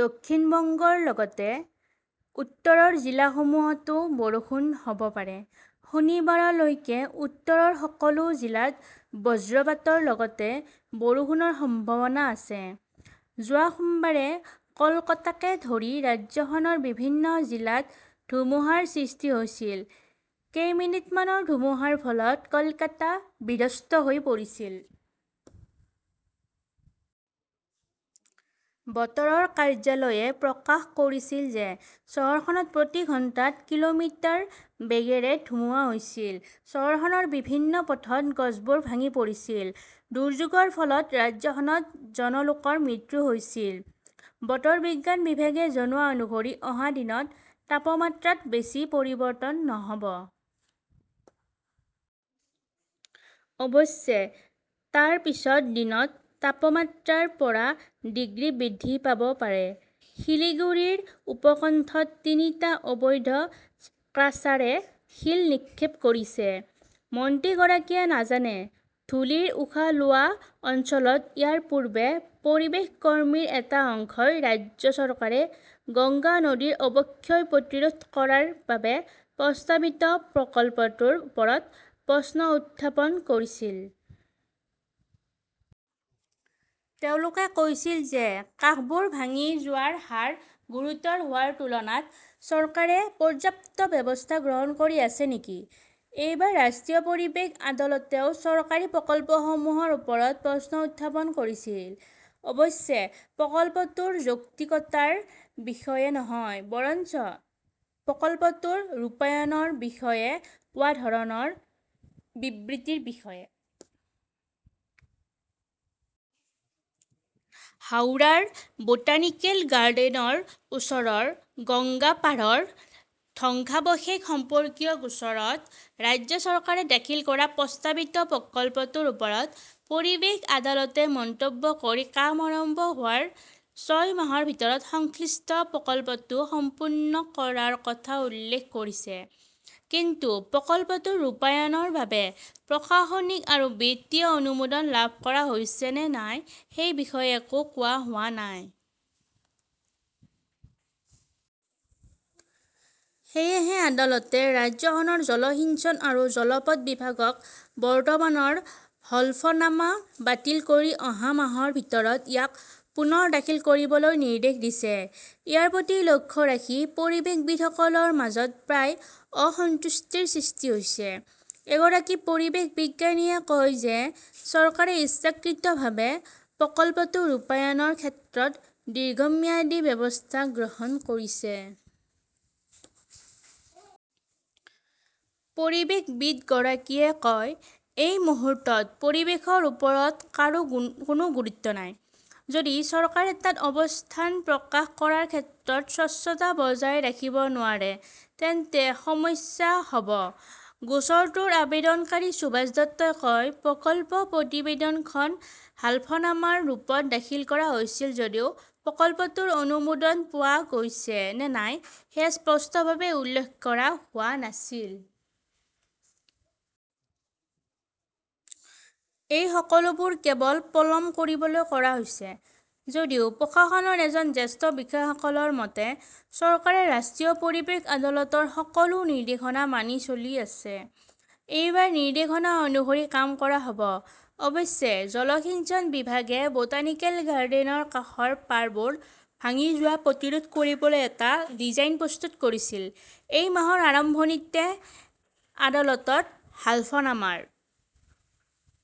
দক্ষিণ বংগৰ লগতে উত্তৰৰ জিলাসমূহতো বৰষুণ হ "ব পাৰে। শনিবাৰলৈকে উত্তৰৰ সকলো জিলাত বজ্ৰপাতৰ লগতে বৰষুণৰ সম্ভাৱনা আছে। যোৱা সোমবাৰে কলকাতাকে ধৰি ৰাজ্যখনৰ বিভিন্ন জিলাত ধুমুহাৰ সৃষ্টি হৈছিল। কেইমিনিটমানৰ ধুমুহাৰ ফলত কলকাতা বিধ্বস্ত হৈ পৰিছিল। বতৰৰ কাৰ্যালয়ে প্ৰকাশ কৰিছিল যে চহৰখনত প্ৰতি ঘণ্টাত কিলোমিটাৰ বেগেৰে ধুমুহা হৈছিল। চহৰখনৰ বিভিন্ন পথত গছবোৰ ভাঙি পৰিছিল। দুৰ্যোগৰ ফলত ৰাজ্যখনত জন লোকৰ মৃত্যু হৈছিল। বতৰ বিজ্ঞান বিভাগে জনোৱা অনুসৰি অহা দিনত তাপমাত্ৰাত বেছি পৰিৱৰ্তন নহ "ব। অৱশ্যে, তাৰ পিছত দিনত তাপমাত্ৰা ৰ পৰা ডিগ্ৰী বৃদ্ধি পাব পাৰে। শিলিগুড়িৰ উপকণ্ঠত তিনিটা 'অবৈধ ক্ৰাছাৰে "শিল নিক্ষেপ কৰিছে! মন্ত্ৰীগৰাকীয়ে নাজানে, ধূলিৰ উশাহ লোৱা অঞ্চলত ইয়াৰ পূৰ্বে পৰিৱেশ কৰ্মীৰ এটা অংশই ৰাজ্য চৰকাৰে গংগা নদীৰ অৱক্ষয় প্ৰতিৰোধ কৰাৰ বাবে প্ৰস্তাৱিত প্ৰকল্পটোৰ ওপৰত প্ৰশ্ন উত্থাপন কৰিছিল। তেওঁলোকে কৈছিল যে কাষবোৰ ভাঙি যোৱাৰ হাৰ গুৰুতৰ হোৱাৰ তুলনাত চৰকাৰে পৰ্যাপ্ত ব্যৱস্থা গ্ৰহণ কৰি আছে নেকি? এইবাৰ ৰাষ্ট্ৰীয় পৰিৱেশ আদালতেও চৰকাৰী প্ৰকল্পসমূহৰ ওপৰত প্ৰশ্ন উত্থাপন কৰিছিল। অৱশ্যে, প্ৰকল্পটোৰ যৌক্তিকতাৰ বিষয়ে নহয়, বৰঞ্চ প্ৰকল্পটোৰ ৰূপায়ণৰ বিষয়ে কোৱা ধৰণৰ বিবৃতিৰ বিষয়ে। হাউৰাৰ বোটানিকেল গাৰ্ডেনৰ ওচৰৰ গংগাপাড়ৰ ধ্বংসাৱশেষ সম্পৰ্কীয় গোচৰত ৰাজ্য চৰকাৰে দাখিল কৰা প্ৰস্তাৱিত প্ৰকল্পটোৰ ওপৰত পৰিৱেশ আদালতে মন্তব্য কৰি কাম আৰম্ভ হোৱাৰ ছয় মাহৰ ভিতৰত সংশ্লিষ্ট প্ৰকল্পটো সম্পূৰ্ণ কৰাৰ কথা উল্লেখ কৰিছে। কিন্তু প্ৰকল্পটোৰ ৰূপায়ণৰ বাবে প্ৰশাসনিক আৰু বিত্তীয় অনুমোদন লাভ কৰা হৈছে নে নাই সেই বিষয়ে একো কোৱা হোৱা নাই। সেয়েহে আদালতে ৰাজ্যখনৰ জলসিঞ্চন আৰু জলপথ বিভাগক বৰ্তমানৰ হলফনামা বাতিল কৰি অহা মাহৰ ভিতৰত ইয়াক পুনৰ দাখিল কৰিবলৈ নিৰ্দেশ দিছে। ইয়াৰ প্ৰতি লক্ষ্য ৰাখি পৰিৱেশবিদসকলৰ মাজত প্ৰায় অসন্তুষ্টিৰ সৃষ্টি হৈছে। এগৰাকী পৰিৱেশবিজ্ঞানীয়ে কয় যে চৰকাৰে ইচ্ছাকৃতভাৱে প্ৰকল্পটো ৰূপায়ণৰ ক্ষেত্ৰত দীৰ্ঘম্যাদী ব্যৱস্থা গ্ৰহণ কৰিছে। পৰিৱেশবিদগৰাকীয়ে কয়, "এই মুহূৰ্তত পৰিৱেশৰ ওপৰত কাৰো কোনো গুৰুত্ব নাই। যদি চৰকাৰে তাত অৱস্থান প্ৰকাশ কৰাৰ ক্ষেত্ৰত স্বচ্ছতা বজাই ৰাখিব নোৱাৰে তেন্তে সমস্যা হ 'ব। "গোচৰটোৰ আবেদনকাৰী সুভাষ দত্তই কয়", প্ৰকল্প প্ৰতিবেদনখন হলফনামাৰ ৰূপত দাখিল কৰা হৈছিল যদিও প্ৰকল্পটোৰ অনুমোদন পোৱা গৈছে নে নাই সেয়া স্পষ্টভাৱে উল্লেখ কৰা হোৱা নাছিল! এই সকলোবোৰ কেৱল পলম কৰিবলৈ কৰা হৈছে। "যদিও প্ৰশাসনৰ এজন জ্যেষ্ঠ বিষয়াসকলৰ মতে", চৰকাৰে ৰাষ্ট্ৰীয় পৰিৱেশ আদালতৰ সকলো নিৰ্দেশনা মানি চলি আছে। এইবাৰ নিৰ্দেশনা অনুসৰি কাম কৰা হ "ব। "অৱশ্যে, জলসিঞ্চন বিভাগে বোটানিকেল গাৰ্ডেনৰ কাষৰ পাৰবোৰ ভাঙি যোৱা প্ৰতিৰোধ কৰিবলৈ এটা ডিজাইন প্ৰস্তুত কৰিছিল। এই মাহৰ আৰম্ভণিতে আদালতত হলফনামাৰ